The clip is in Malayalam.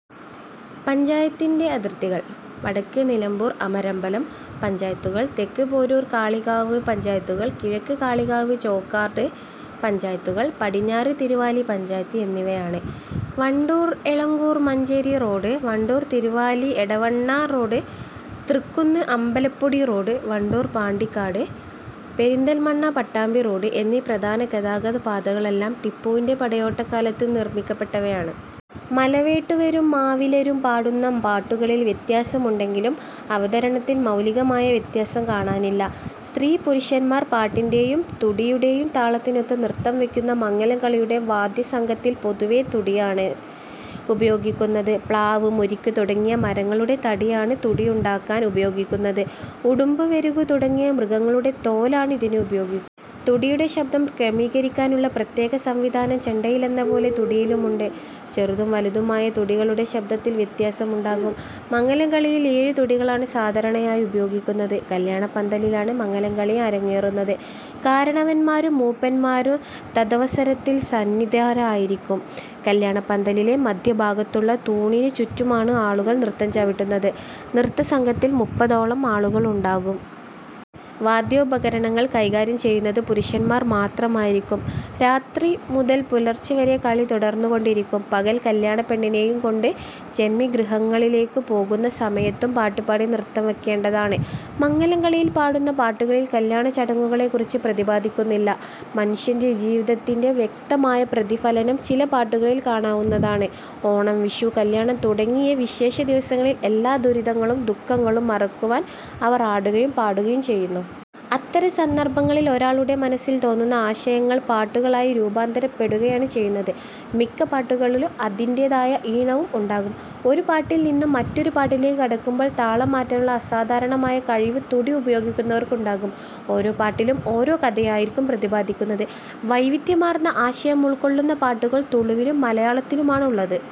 പഞ്ചായത്തിന്റെ അതിർത്തികൾ വടക്ക് നിലമ്പൂർ, അമരമ്പലം പഞ്ചായത്തുകൾ, തെക്ക് പോരൂർ, കാളികാവ് പഞ്ചായത്തുകൾ, കിഴക്ക് കാളികാവ്, ചോക്കാട് പഞ്ചായത്തുകൾ, പടിഞ്ഞാറ് തിരുവാലി പഞ്ചായത്ത് എന്നിവയാണ്. Wandoor-Elankur-Manjeri road, Wandoor-Thiruvali-Edavanna road, Thrikkunnu-Ambalappadi road, Wandoor-Pandikkad, Perinthalmanna-Pattambi road എന്നീ പ്രധാന ഗതാഗതപാതകളെല്ലാം ടിപ്പുവിന്റെ പടയോട്ടക്കാലത്ത് നിർമ്മിക്കപ്പെട്ടവയാണ്. മലവേട്ടുവരും മാവിലരും പാടുന്ന പാട്ടുകളിൽ വ്യത്യാസം ഉണ്ടെങ്കിലും അവതരണത്തിൽ മൗലികമായ വ്യത്യാസം കാണാനില്ല. സ്ത്രീപുരുഷന്മാർ പാട്ടിന്റേയും തുടിയുടേയും താളത്തിനൊത്ത് നൃത്തം വെയ്ക്കുന്ന മങ്ങലംകളിയുടെ വാദ്യസംഘത്തിൽ പൊതുവേ തുടിയാണ് ഉപയോഗിക്കുന്നത്. പ്ലാവ്, മുരിക്ക് തുടങ്ങിയ മരങ്ങളുടെ തടിയാണ് തുടിയുണ്ടാക്കാൻ ഉപയോഗിക്കുന്നത്. ഉടുമ്പ്, വെരുക് തുടങ്ങിയ മൃഗങ്ങളുടെ തോലാണ് ഇതിനുപയോഗിക്കുന്നത്. തുടിയുടെ ശബ്ദം ക്രമീകരിക്കാനുള്ള പ്രത്യേക സംവിധാനം ചെണ്ടയിലെന്ന പോലെ തുടിയിലുമുണ്ട്. ചെറുതും വലുതുമായ തുടികളുടെ ശബ്ദത്തിൽ വ്യത്യാസമുണ്ടാകും. മങ്ങലംകളിയിൽ ഏഴ് തുടികളാണ് സാധാരണയായി ഉപയോഗിക്കുന്നത്. കല്യാണപന്തലിലാണ് മങ്ങലംകളി അരങ്ങേറുന്നത്. കാരണവന്മാരും മൂപ്പന്മാരും തദവസരത്തിൽ സന്നിഹിതരായിരിക്കും. കല്യാണപന്തലിലെ മധ്യഭാഗത്തുള്ള തൂണിനു ചുറ്റുമാണ് ആളുകൾ നൃത്തം ചവിട്ടുന്നത്. നൃത്തസംഘത്തിൽ മുപ്പതോളം ആളുകൾ ഉണ്ടാകും. വാദ്യോപകരണങ്ങൾ കൈകാര്യം ചെയ്യുന്നത് പുരുഷന്മാർ മാത്രമായിരിക്കും. രാത്രി മുതൽ പുലർച്ച വരെ കളി തുടർന്നുകൊണ്ടിരിക്കും. പകൽ കല്യാണപ്പെണ്ണിനേയും കൊണ്ട് ജന്മിഗൃഹങ്ങളിലേയ്ക്ക് പോകുന്ന സമയത്തും പാട്ട് പാടി നൃത്തം വയ്ക്കേണ്ടതാണ്. മങ്ങലംകളിയിൽ പാടുന്ന പാട്ടുകളിൽ കല്യാണചടങ്ങുകളെക്കുറിച്ച് പ്രതിപാദിക്കുന്നില്ല. മനുഷ്യജീവിതത്തിന്റെ വ്യക്തമായ പ്രതിഫലനം ചില പാട്ടുകളിൽ കാണാവുന്നതാണ്. ഓണം, വിഷു, കല്യാണം തുടങ്ങിയ വിശേഷ ദിവസങ്ങളിൽ എല്ലാ ദുരിതങ്ങളും ദുഃഖങ്ങളും മറക്കുവാൻ അവർ ആടുകയും പാടുകയും ചെയ്യുന്നു. അത്തരം സന്ദർഭങ്ങളിൽ ഒരാളുടെ മനസ്സിൽ തോന്നുന്ന ആശയങ്ങൾ പാട്ടുകളായി രൂപാന്തരപ്പെടുകയാണ് ചെയ്യുന്നത്. മിക്ക പാട്ടുകൾക്കും അതിന്റേതായ ഈണവും ഉണ്ടാകും. ഒരു പാട്ടിൽ നിന്നും മറ്റൊരു പാട്ടിലേക്ക് കടക്കുമ്പോൾ താളം മാറ്റാനുള്ള അസാധാരണമായ കഴിവ് തുടി ഉപയോഗിക്കുന്നവർക്ക് ഉണ്ടാകും. ഓരോ പാട്ടിലും ഓരോ കഥയായിരിക്കും പ്രതിപാദിക്കുന്നത്. വൈവിധ്യമാർന്ന ആശയമുൾക്കൊള്ളുന്ന പാട്ടുകൾ തുളുവിലും മലയാളത്തിലുമാണുള്ളത്.